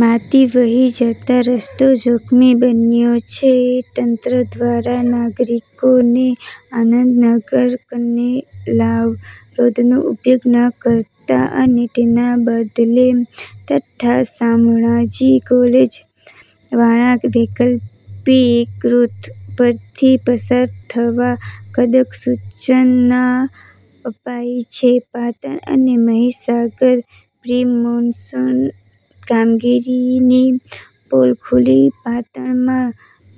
માટી વહી જતાં રસ્તો જોખમી બન્યો છે. તંત્ર દ્વારા નાગરિકોને આનંદનગર-કનેલાવ રોડનો ઉપયોગ ન કરવા અને તેના બદલે તથા શામળાજી કોલેજવાળા વૈકલ્પિક રૂટ પરથી પસાર થવા કડક સૂચના અપાઈ છે.પાટણ અને મહીસાગર: પ્રી-મોન્સૂન કામગીરીની પોલ ખૂલી પાટણમાં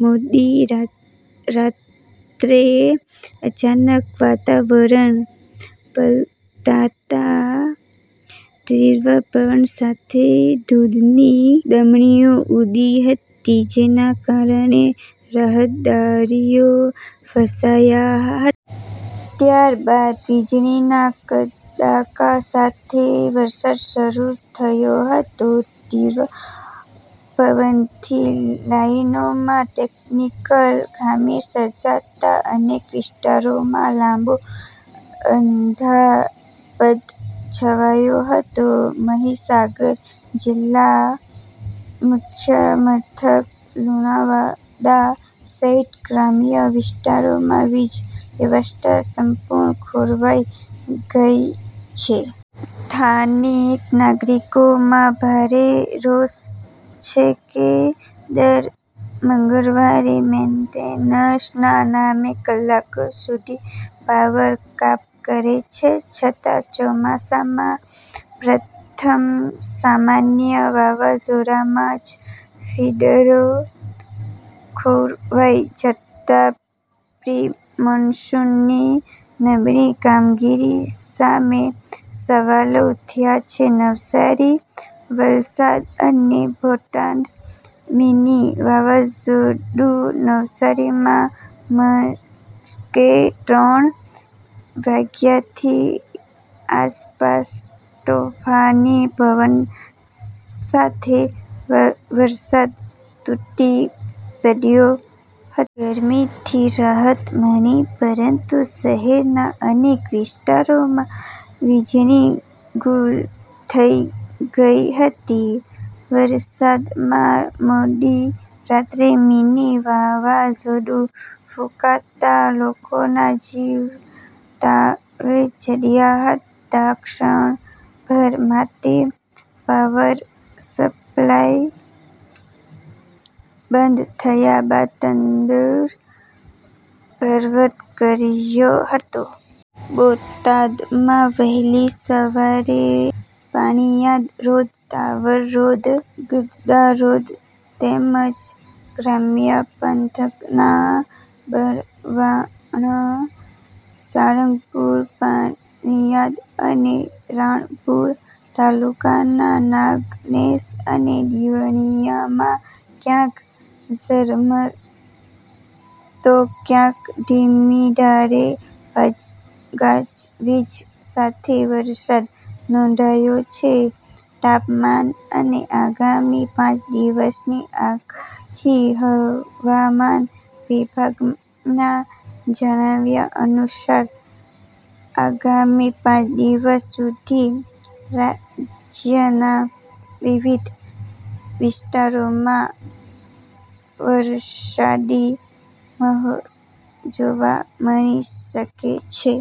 મોડી રાત્રે અચાનક વાતાવરણ પલટાતા તીવ્ર પવન સાથે ધૂળની ડમરીઓ ઉડી હતી, જેના કારણે રાહદારીઓ ફસાયા હતા. ત્યારબાદ વીજળીના કડાકા સાથે વરસાદ શરૂ થયો હતો. તીવ્ર પવનથી લાઈનોમાં ટેકનિકલ ખામી સર્જાતા અનેક વિસ્તારોમાં લાંબો અંધારપટ છવાયો હતો. મહીસાગર જિલ્લા મુખ્ય મથક લુણાવાડા સહિત ગ્રામ્ય વિસ્તારોમાં વીજ વ્યવસ્થા સંપૂર્ણ ખોરવાઈ ગઈ છે. સ્થાનિક નાગરિકોમાં ભારે રોષ છે કે દર મંગળવારે મેન્ટેનન્સના નામે કલાકો સુધી પાવર કાપ કરે છે, છતાં ચોમાસાના પ્રથમ સામાન્ય વાવાઝોડામાં જ ફીડરો ખોરવાઈ જતાં પ્રી-મોન્સૂનની નબળી કામગીરી સામે સવાલો ઉઠ્યા છે. નવસારી, વલસાડ અને બોટાદ: મિની વાવાઝોડું નવસારીમાં મળસ્કે ત્રણ વાગ્યાની આસપાસ તોફાની પવન સાથે વરસાદ તૂટી પડ્યો હતો. ગરમીથી રાહત મળી પરંતુ શહેરના અનેક વિસ્તારોમાં વીજળી ગૂલ થઈ ગઈ હતી. વલસાડમાં મોડી રાત્રે મિની વાવાઝોડું ફૂંકાતા લોકોના જીવ તાળવે ચોંટ્યા હતા. ક્ષણભર માટે પાવર સપ્લાય બંધ થયા બાદ તુરંત પૂર્વવત કરાયો હતો. બોટાદમાં વહેલી સવારે Paliyad road, tower road, Gadhada road તેમજ ગ્રામ્ય પંથકના બરવાળા, સાળંગપુર, પાળીયાદ અને રાણપુર તાલુકાના નાગનેશ અને દિવળિયામાં ક્યાંક ઝરમર તો ક્યાંક ધીમીધારે ગાજવીજ સાથે વરસાદ નોંધાયો છે. તાપમાન અને આગામી પાંચ દિવસની આગાહી હવામાન વિભાગના જણાવ્યા અનુસાર, આગામી પાંચ દિવસ સુધી રાજ્યના વિવિધ વિસ્તારોમાં વરસાદી માહોલ જોવા મળી શકે છે.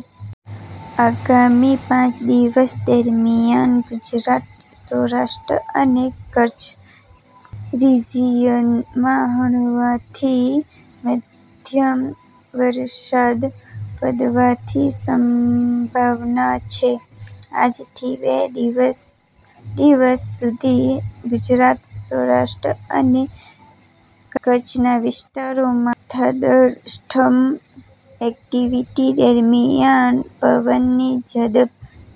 આગામી પાંચ દિવસ દરમિયાન ગુજરાત, સૌરાષ્ટ્ર અને કચ્છ રીઝિયનમાં હળવાથી મધ્યમ વરસાદ પડવાની સંભાવના છે. આજથી બે દિવસ દિવસ સુધી ગુજરાત, સૌરાષ્ટ્ર અને કચ્છના વિસ્તારોમાં થંડરસ્ટોર્મ એક્ટિવિટી દરમિયાન પવનની ઝડપ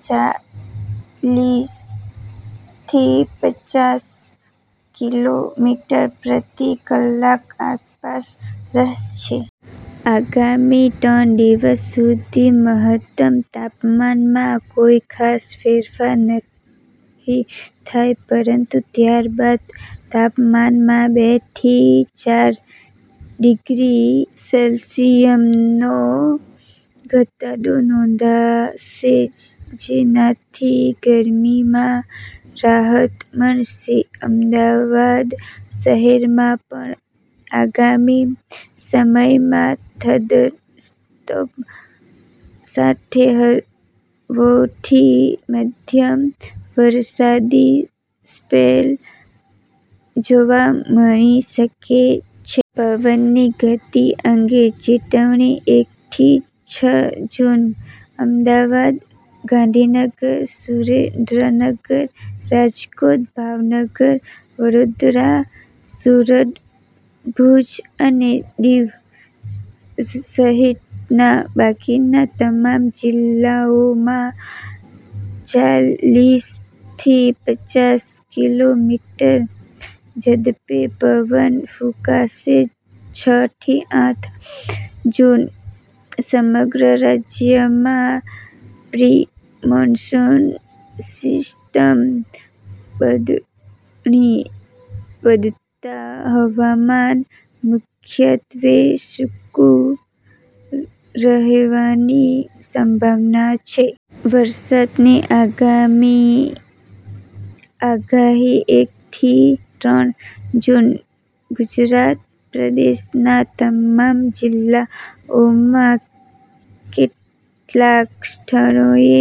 ચાલીસ થી પચાસ કિલો મીટર પ્રતિ કલાક આસપાસ રહેશે. આગામી ત્રણ દિવસ સુધી મહત્તમ તાપમાનમાં કોઈ ખાસ ફેરફાર નહીં થાય, પરંતુ ત્યારબાદ તાપમાનમાં બે થી ચાર ડિગ્રી સેલ્સિયસનો ઘટાડો નોંધાશે, જેનાથી ગરમીમાં રાહત મળશે. અમદાવાદ શહેરમાં પણ આગામી સમયમાં થંડરસ્ટોર્મ સાથે હળવોથી મધ્યમ વરસાદી સ્પેલ જોવા મળી શકે છે. પવનની ગતિ અંગે ચેતવણી એક થી છ જૂન: અમદાવાદ, ગાંધીનગર, સુરેન્દ્રનગર, રાજકોટ, ભાવનગર, વડોદરા, સુરત, ભુજ અને દીવ સહિતના બાકીના તમામ જિલ્લાઓમાં ચાલીસ થી પચાસ કિલો મીટર ઝડપે પવન ફૂંકાશે. છ થી આઠ જૂન: સમગ્ર રાજ્યમાં પ્રી-મોન્સૂન સિસ્ટમ નબળી પડતાં હવામાન મુખ્યત્વે સૂકું રહેવાની સંભાવના છે. વરસાદની આગામી આગાહી એક થી ત્રણ જૂન: ગુજરાત પ્રદેશના તમામ જિલ્લાઓમાં કેટલાક સ્થળોએ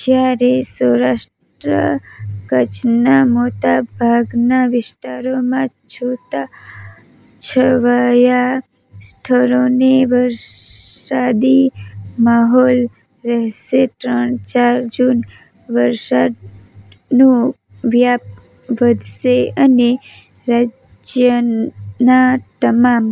જ્યારે સૌરાષ્ટ્ર-કચ્છના મોટાભાગના વિસ્તારોમાં છૂટાછવાયા સ્થળોએ વરસાદી માહોલ રહેશે. ત્રણ ચાર જૂન: વરસાદનો વ્યાપ વધશે અને રાજ્યના તમામ